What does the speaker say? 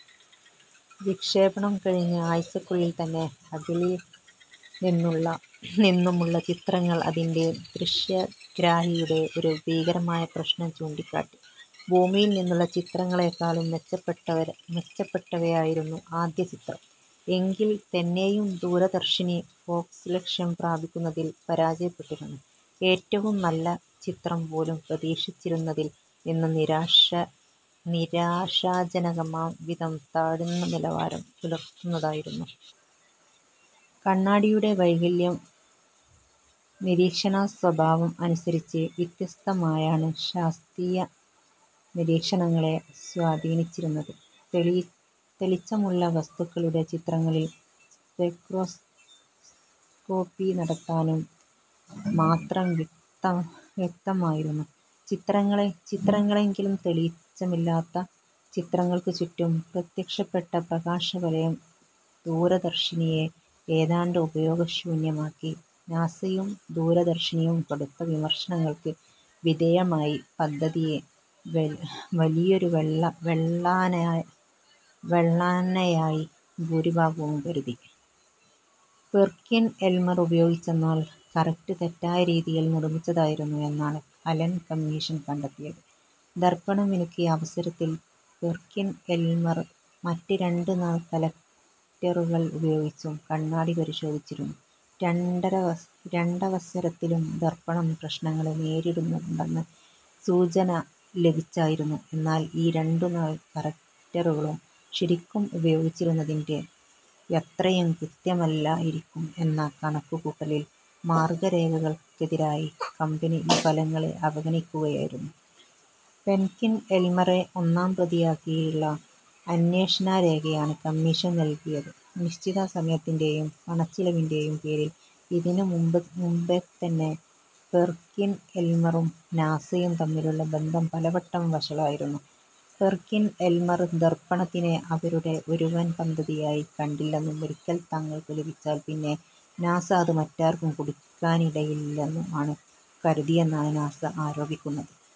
വിക്ഷേപണം കഴിഞ്ഞ് ആഴ്ച്ചകൾക്കുള്ളിൽ തന്നെ ഹബിളിൽ നിന്നുമുള്ള ചിത്രങ്ങൾ അതിന്റെ ദൃശ്യഗ്രാഹിയുടെ ഒരു ഭീകരമായ പ്രശ്നം ചൂണ്ടിക്കാട്ടി. ഭൂമിയിൽ നിന്നുള്ള ചിത്രങ്ങളേക്കാളും മെച്ചപ്പെട്ടവയായിരുന്നു ആദ്യചിത്രം എങ്കിൽ തന്നേയും, ദൂരദർശിനി ഫോകസ് ലക്ഷ്യം പ്രാപിക്കുന്നതിൽ പരാജയപ്പെട്ടിരുന്നു. ഏറ്റവും നല്ല ചിത്രം പോലും പ്രതീക്ഷിച്ചിരുന്നതിൽ നിന്നും നിരാശാജനകമാം വിധം താഴ്ന്ന നിലവാരം പുലർത്തുന്നതായിരുന്നു. കണ്ണാടിയുടെ വൈകല്യം നിരീക്ഷണ സ്വഭാവം അനുസരിച്ച് വ്യത്യസ്തമായാണ് ശാസ്ത്രീയ നിരീക്ഷണങ്ങളെ സ്വാധീനിച്ചിരുന്നത്. തെളിച്ചമുള്ള വസ്തുക്കളുടെ ചിത്രങ്ങളിൽ സ്പെക്ട്രോസ്കോപി നടത്താനും മാത്രം വ്യക്തമായിരുന്നു ചിത്രങ്ങളെങ്കിലും, തെളിച്ചമില്ലാത്ത ചിത്രങ്ങൾക്കു ചുറ്റും പ്രത്യക്ഷപ്പെട്ട പ്രകാശവലയം ദൂരദർശിനിയെ ഏതാണ്ട് ഉപയോഗശൂന്യമാക്കി. നാസയും ദൂരദർശിനിയും കടുത്ത വിമർശനങ്ങൾക്ക് വിധേയമായി, പദ്ധതിയെ വലിയൊരുവെള്ളാനയായി ഭൂരിഭാഗവും കരുതി. പെർകിൻ-എൽമർ ഉപയോഗിച്ച നൾ കറക്റ്റർ തെറ്റായ രീതിയിൽ നിർമ്മിച്ചതായിരുന്നു എന്നാണ് അലൻ കമ്മീഷൻ കണ്ടെത്തിയത്. ദർപ്പണം മിനുക്കിയ അവസരത്തിൽ പെർകിൻ-എൽമർ മറ്റ് രണ്ട് നൾ കറക്റ്ററുകൾ ഉപയോഗിച്ചും കണ്ണാടി പരിശോധിച്ചിരുന്നു. രണ്ടവസരത്തിലും ദർപ്പണം പ്രശ്നങ്ങളെ നേരിടുന്നുണ്ടെന്ന് സൂചന ലഭിച്ചായിരുന്നു. എന്നാൽ ഈ രണ്ടു നൾ കറക്റ്ററുകളും ശരിക്കും ഉപയോഗിച്ചിരുന്നതിന്റെയത്രയും കൃത്യമല്ലായിരിക്കും എന്ന കണക്കുകൂട്ടലിൽ മാർഗ്ഗരേഖകൾക്കെതിരായി കമ്പനി ഈ ഫലങ്ങളെ അവഗണിക്കുകയായിരുന്നു. പെർകിൻ-എൽമറെ ഒന്നാംപ്രതിയാക്കിയുള്ള അന്വേഷണരേഖയാണ് കമ്മീഷൻ നൽകിയത്. നിശ്ചിത സമയത്തിന്റേയും പണച്ചിലവിന്റേയും പേരിൽ ഇതിനു മുമ്പേതന്നെ പെർകിൻ-എൽമറും നാസയും തമ്മിലുള്ള ബന്ധം പലവട്ടം വഷളായിരുന്നു. പെർകിൻ-എൽമർ ദർപ്പണത്തിനെ അവരുടെ ഒരു വൻ പദ്ധതിയായി കണ്ടില്ലെന്നും ഒരിക്കൽ തങ്ങൾക്കു ലഭിച്ചാൽ പിന്നെ നാസ അത് മറ്റാർക്കും കൊടുക്കാനിടയില്ലെന്നുമാണ് കരുതിയെന്നാണ് നാസ ആരോപിക്കുന്നത്.